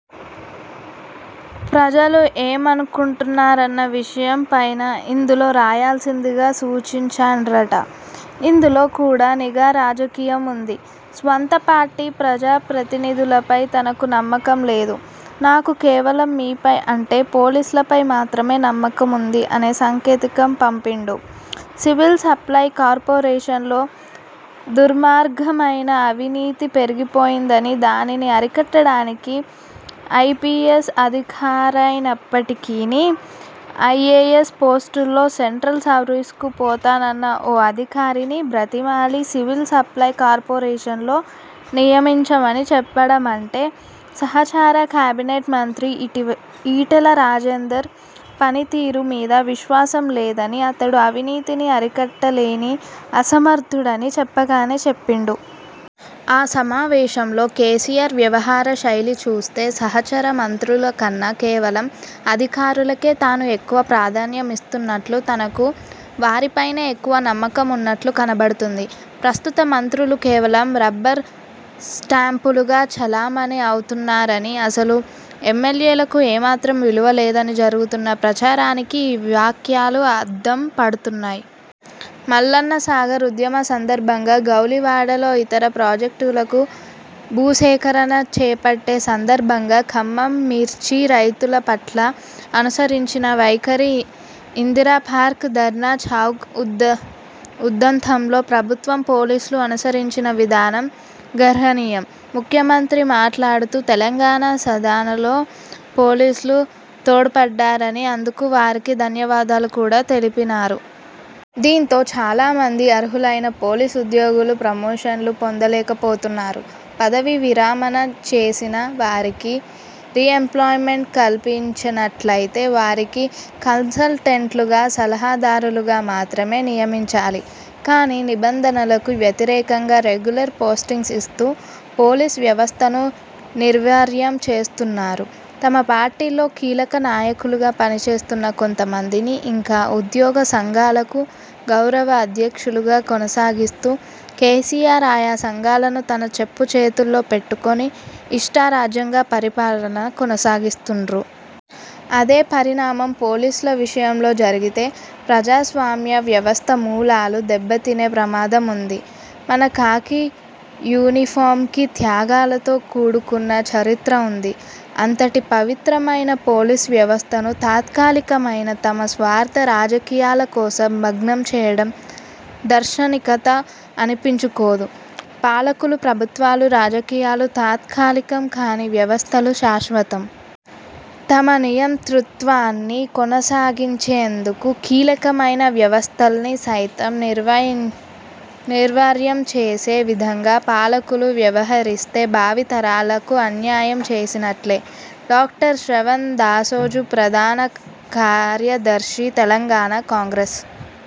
ప్రజలు ఏమనుకుంటున్నారన్న విషయం పైనా ఇందులో రాయాల్సిందిగా సూచించాండ్రట. ఇందులో కూడా నిఘా రాజకీయం ఉంది. స్వంత పార్టీ ప్రజా ప్రతినిధులపై తనకు నమ్మకం లేదు, నాకు కేవలం మీపై అంటే పోలీసులపై మాత్రమే నమ్మకం ఉంది అనే సంకేతం పంపిండు. సివిల్ సప్లై కార్పొరేషన్లో దుర్మార్గమైన అవినీతి పెరిగిపోయిందని, దానిని అరికట్టడానికి ఐపీఎస్ అధికారైనప్పటికినీ, ఐఏఎస్ పోస్టులో సెంట్రల్ సర్వీస్కు పోతానన్న ఓ అధికారిని బ్రతిమాలి సివిల్ సప్లై కార్పొరేషన్లో నియమించామని చెప్పడమంటే, సహచర కేబినెట్ మంత్రి ఇటివ ఈటెల రాజేందర్ పనితీరు మీద విశ్వాసం లేదని, అతడు అవినీతిని అరికట్టలేని అసమర్థుడు అని చెప్పకనే చెప్పిండు. ఆ సమావేశంలో కేసీఆర్ వ్యవహార శైలి చూస్తే, సహచర మంత్రుల కన్న, కేవలం అధికారులకే తాను ఎక్కువ ప్రాధాన్యం ఇస్తున్నట్లు, తనకు వారిపైనే ఎక్కువ నమ్మకం ఉన్నట్లు కనబడుతుంది. ప్రస్తుత మంత్రులు కేవలం రబ్బర్ స్టాంపులుగా చలామణి అవుతున్నారని, అసలు ఎమ్మెల్యేలకు ఏమాత్రం విలువలేదని జరుగుతున్న ప్రచారానికి ఈ వ్యాఖ్యలు అద్దం పడుతున్నాయి. మల్లన్నసాగర్ ఉద్యమ సందర్భంగా, గౌలివాడలో, ఇతర ప్రాజెక్టులకు భూసేకరణ చేపట్టే సందర్భంగా, ఖమ్మం మిర్చి రైతుల పట్ల అనుసరించిన వైఖరి, ఇందిరా పార్క్ ధర్నా చౌక్ ఉదంతంలో ప్రభుత్వం, పోలీసులు అనుసరించిన విధానం గర్హనీయం. ముఖ్యమంత్రి మాట్లాడుతూ, తెలంగాణ సాధనలో పోలీసులు తోడ్పడ్డారని, అందుకు వారికి ధన్యవాదాలు కూడా తెలిపినారు. దీంతో చాలా మంది అర్హులైన పోలీసు ఉద్యోగులు ప్రమోషన్లు పొందలేకపోతున్నారు. పదవీ విరమణ చేసిన వారికి రీఎంప్లాయ్మెంట్ కల్పించినట్లయితే, వారికి కన్సల్టెంట్లుగా, సలహాదారులుగా మాత్రమే నియమించాలి. కానీ నిబంధనలకు వ్యతిరేకంగా రెగ్యులర్ పోస్టింగ్స్ ఇస్తూ పోలీసు వ్యవస్థను నిర్వీర్యం చేస్తున్నారు. తమ పార్టీలో కీలక నాయకులుగా పనిచేస్తున్న కొంతమందిని ఇంకా ఉద్యోగ సంఘాలకు గౌరవ అధ్యక్షులుగా కొనసాగిస్తూ, కేసీఆర్ ఆయా సంఘాలను తన చెప్పుచేతల్లో పెట్టుకుని, ఇష్టారాజ్యంగా పరిపాలన కొనసాగిస్తుండ్రు. అదే పరిణామం పోలీసుల విషయంలో జరిగితే, ప్రజాస్వామ్య వ్యవస్థ మూలాలు దెబ్బతినే ప్రమాదం ఉంది. మన ఖాకీ యూనిఫారంకి త్యాగాలతో కూడుకున్న చరిత్ర ఉంది. అంతటి పవిత్రమైన పోలీసు వ్యవస్థను తాత్కాలికమైన తమ స్వార్థ రాజకీయాల కోసం భగ్నం చేయడం దార్శనికత అనిపించుకోదు. పాలకులు, ప్రభుత్వాలు, రాజకీయాలు తాత్కాలికం, కానీ వ్యవస్థలు శాశ్వతం. తమ నియంతృత్వాన్ని కొనసాగించేందుకు కీలకమైన వ్యవస్థల్ని సైతం నిర్వీర్యంచేసే విధంగా పాలకులు వ్యవహరిస్తే, భావి తరాలకు అన్యాయం చేసినట్లే. డాక్టర్ శ్రవణ్ దాసోజుప్రధాన కార్యదర్శి, తెలంగాణ కాంగ్రెస్